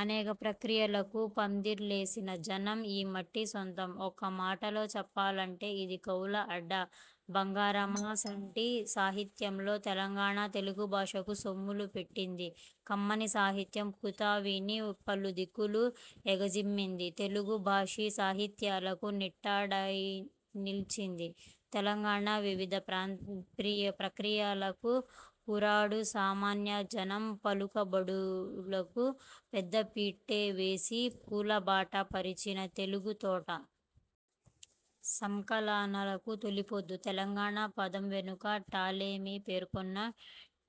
అనేక ప్రక్రియలకు పందిర్లేసిన జనం ఈ మట్టి సొంతం. ఒక్కమాటల చెప్పాలంటె ఇది కవుల అడ్డా. బంగారమసంటి సాహిత్యంతో తెలంగాణ తెలుగుభాషకు సొమ్ములుపెట్టింది. కమ్మని సాహిత్య పుతావిని పలుదిక్కుల ఎగజిమ్మింది. తెలుగు భాషాసాహిత్యాలకు నిట్టాడైనిల్చింది. తెలంగాణ వివిధ ప్రక్రియల కూరాడు. సామాన్యజనం పలుకుబడులకు పెద్దపీటేసి పూలబాట పరిచిన తెలుగుతోట. సంకలనాలకు తొలిపొద్దు. 'తెలంగాణ' పదం వెనుక టాలెమీ పేర్కొన్న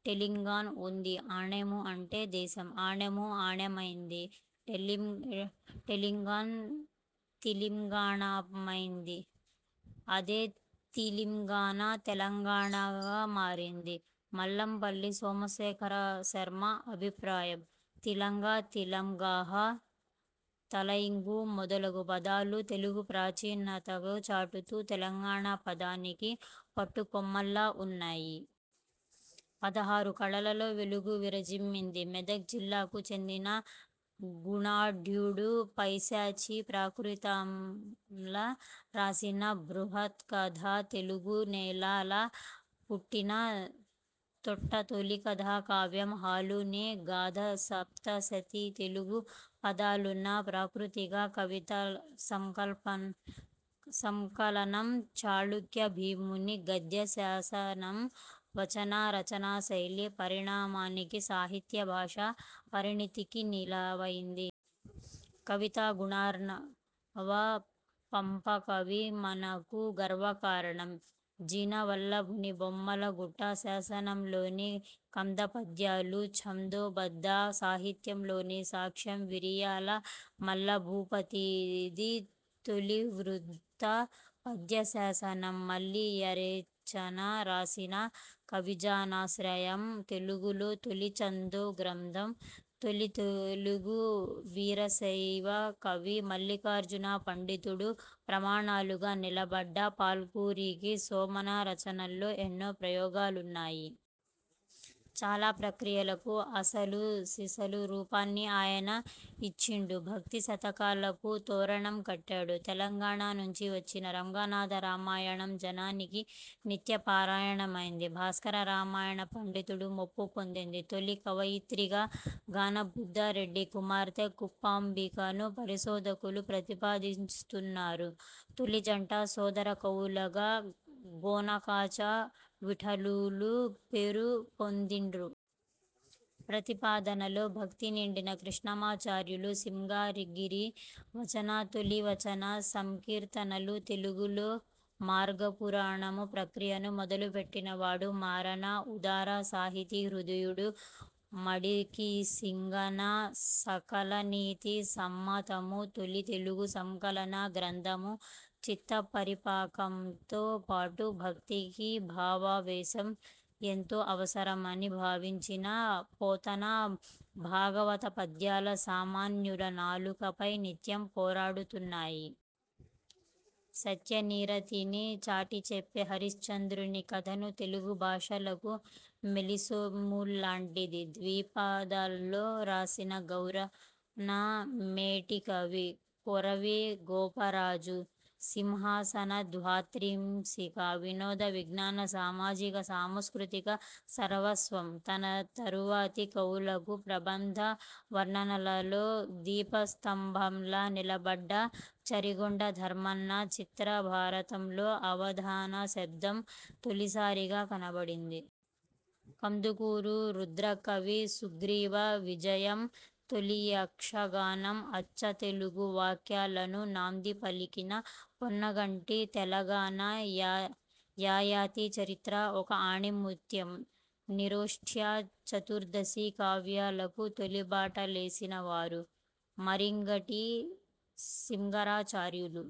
'టెలింగాన్' ఉంది. ఆణెము అంటే దేశం. ఆణెము ఆణమైంది. టెలింగాన్ తిలింగాణమైంది. అదే తిలింగానా, తెలంగాణగా మారిందని మల్లంపల్లి సోమశేఖరశర్మ అభిప్రాయం. తిలంగ, తిలింగాః, తలైంగు మొద లగు పదాలు తెలుగు ప్రాచీనతను చాటుతూ 'తెలంగాణ' పదానికి పట్టుకొమ్మల్లా ఉన్నయి. పదహారు కళలలో వెలుగులు విరజిమ్మింది. మెదక్ జిల్లాకు చెందిన గుణాఢ్యుడు పైశాచీ ప్రాకృతంల రాసిన బృహ త్కథ తెలుగు నేలల పుట్టిన తొట్టతొలి కథాకావ్యం. హాలుని గాథాసప్తశతి తెలుగు పదాలున్న ప్రాకృత కవితాసంకలనం. చాళుక్య భీముని గద్యశాసనం వచన రచనాశైలి పరిణామానికి, సాహిత్య భాషా పరిణతికి నెలవైంది. కవితా గుణార్ణవ పంపకవి మనకు గర్వకారణం. జినవల్లభుని బొమ్మల గుట్ట శాసనంలోని కందపద్యాలు ఛందోబద్ధ సాహిత్యంలోని సాక్ష్యం. విరియాల మల్లభూపతిది తొలి వృత్త పద్యశాసనం. మల్లియరేచన రాసిన 'కవిజనాశ్రయం' తెలుగులో తొలి ఛందో గ్రంథం. తొలి తెలుగు వీరశైవ కవి మల్లిఖార్జున పండితుడు. ప్రమాణాలుగా నిలబడ్డ పాల్కురికి సోమన రచనల్లో ఎన్నో ప్రయోగాలున్నయి. చాలా ప్రక్రియలకు అసలు సిసలు రూపాన్ని ఆయన ఇచ్చిండు. భక్తి శతకాలకు తోరణం కట్టాడు. తెలంగాణ నుండి వచ్చిన రంగనాథ రామాయణం జనానికి నిత్య పారాయణమైంది. భాస్కర రామాయణం పండితుల మెప్పు పొందింది. తొలి కవయిత్రిగా గానబుద్ధారెడ్డి కుమార్తె కుప్పాంబికను పరిశోధకులు ప్రతిపాదిస్తున్నరు. తొలి జంట, సోదర కవులుగ గోనకాచ, విఠలులు పేరు పొందిండ్రు. ప్రతి పాదనలో భక్తి నిండిన కృష్ణమాచార్యులు సింహగిరి వచనాలు తొలి వచన సంకీర్తనలు. తెలుగులో మార్గపురాణ ప్రక్రియను మొదలుపెట్టినవాడు మారన. ఉదార సాహితీ హృదయుడు మడికిసింగన 'సకలనీతి సమ్మతము' తొలి తెలుగు సంకలన గ్రంథం. చిత్తపరిపాకంతో పాటు భక్తికి భావావేశం ఎంతో అవసరమని భావించిన పోతన భాగవత పద్యాల సామాన్యుల నాలుకలపై నిత్యం పోరాడుతున్నయి. సత్యనిరతిని చాటిచెప్పే హరిశ్చంద్రుని కథను తెలుగు భాషకు మేలిసొమ్ముల్లాంటి ద్విపదల్లో రాసిన గౌరన మేటికవి. కొరవి గోపరాజు 'సింహాసన ద్వాత్రింశిక' వినోద విజ్ఞాన సామాజిక సాంస్కృతిక సర్వస్వం. తన తరువాతి కవులకు ప్రబంధ వర్ణనలలో దీపస్తంభంలా నిలబడ్డ చరిగొండ ధర్మన్న 'చిత్ర భారతం'లో అవధాన శబ్దం తొలిసారిగా కనబడింది. కందుకూరు రుద్రకవి 'సుగ్రీవ విజయం' తొలి యక్షగానం. అచ్చతెలుగు వ్యాక్యాలను నాందిపలికిన పొన్నగంటి తెలగన 'యయాతి చరిత్ర' ఒక ఆణిముత్యం. నిరోష్ట్య, చతురర్థి కావ్యాలకు తొలిబాటలేసినవారు మరింగంటి సింగరాచార్యులు.